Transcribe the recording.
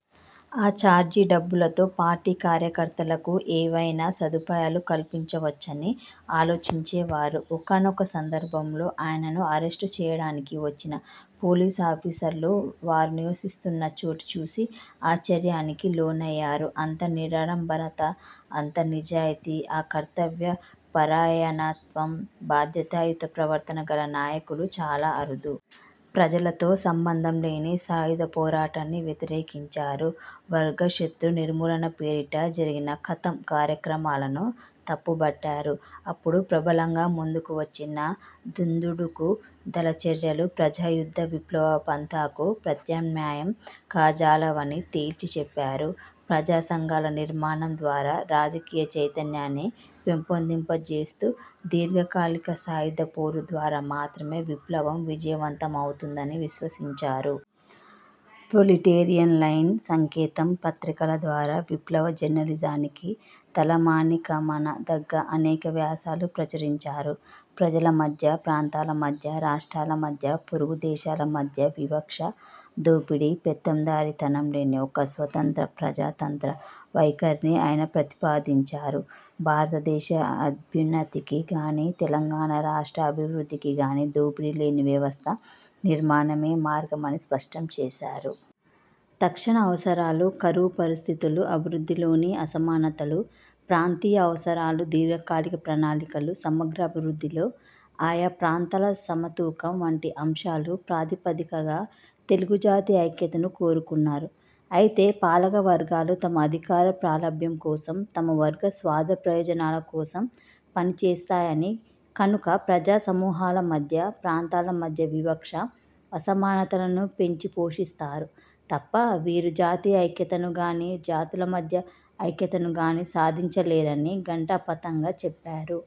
ఆ ఛార్జీ డబ్బులతో పార్టీ కార్యకర్తలకు ఏవైనా సదుపాయాలు కల్పించవచ్చని ఆలోచించేవారు. ఒకానొక సందర్భంలో ఆయనను అరెస్టు చేయడానికి వచ్చిన పోలీసు ఆఫీసర్లు వారు నివసిస్తున్న చోటుచూసి ఆశ్చర్యానికి లోనయ్యారు. అంత నిరాడంబరత, అంత నిజాయితీ, ఆ కర్తవ్య పరాయణత్వం, బాధ్యతాయుత ప్రవర్తన గల నాయకులు చాలా అరుదు. ప్రజలతో సంబంధంలేని సాయుధ పోరాటాన్ని వ్యతిరేకించారు. వర్గశతృ నిర్మూలన పేరిట జరిగిన 'ఖతం' కార్యక్రమాలను తప్పుబట్టారు. అప్పుడు ప్రబలంగా ముందుకు వచ్చిన దుందుడుకు దళ చర్యలు ప్రజాయుద్ధ విప్లవ పంథాకు ప్రత్యామ్నాయం కాజాలవని తేల్చి చెప్పారు. ప్రజాసంఘాల నిర్మాణం ద్వారా రాజకీయ చైతన్యాన్ని పెంపొందింప చేస్తూ, దీర్ఘకాలిక సాయుధ పోరు ద్వారా మాత్రమే విప్లవం విజయవంతం అవుతుందని విశ్వసించారు. ప్రొలిటేరియన్ లైన్, సంకేతం పత్రికల ద్వారా విప్లవ జర్నలిజానికి తలమానికమనదగ్గ అనేక వ్యాసాలు ప్రచురించారు. ప్రజలమధ్య, ప్రాంతాలమధ్య, రాష్ట్రాల మధ్య, పొరుగుదేశాల మధ్య వివక్ష, దోపిడీ, పెత్తందారీ తనం లేని ఒక స్వతంత్ర ప్రజాతంత్ర వైఖరిని ఆయన ప్రతిపాదించారు. భారత దేశ అభ్యున్నతికి గానీ తెలంగాణ ప్రాంత అభివృద్ధికి గానీ దోపిడీ లేని వ్యవస్థ నిర్మాణమే మార్గమని స్పష్టం చేసారు. తక్షణ అవసరాలు, కరువు పరిస్థితులు, అభివృద్ధిలోని అసమానతలు, ప్రాంతీయ అవసరాలు, దీర్ఘకాలిక ప్రణాళికలు, సమగ్ర అభివృద్ధిలో ఆయా ప్రాంతాల సమతూకం వంటి అంశాలు ప్రాతిపదికగా తెలుగుజాతి ఐక్యతను కోరుకున్నారు. అయితే పాలకవర్గాలు తమ అధికార ప్రాబల్యం కోసం, తమ వర్గ స్వార్ధ ప్రయోజనాల కోసం పనిచేస్తాయని, కనుక ప్రజా సమూహాల మధ్య, ప్రాంతాల మధ్య వివక్ష, అసమానతలను పెంచిపోషిస్తారు తప్ప వీరు జాతీయ ఐక్యతను గానీ, జాతుల మధ్య ఐక్యతను గానీ సాధించలేరని ఘంటాపథంగా చెప్పారు.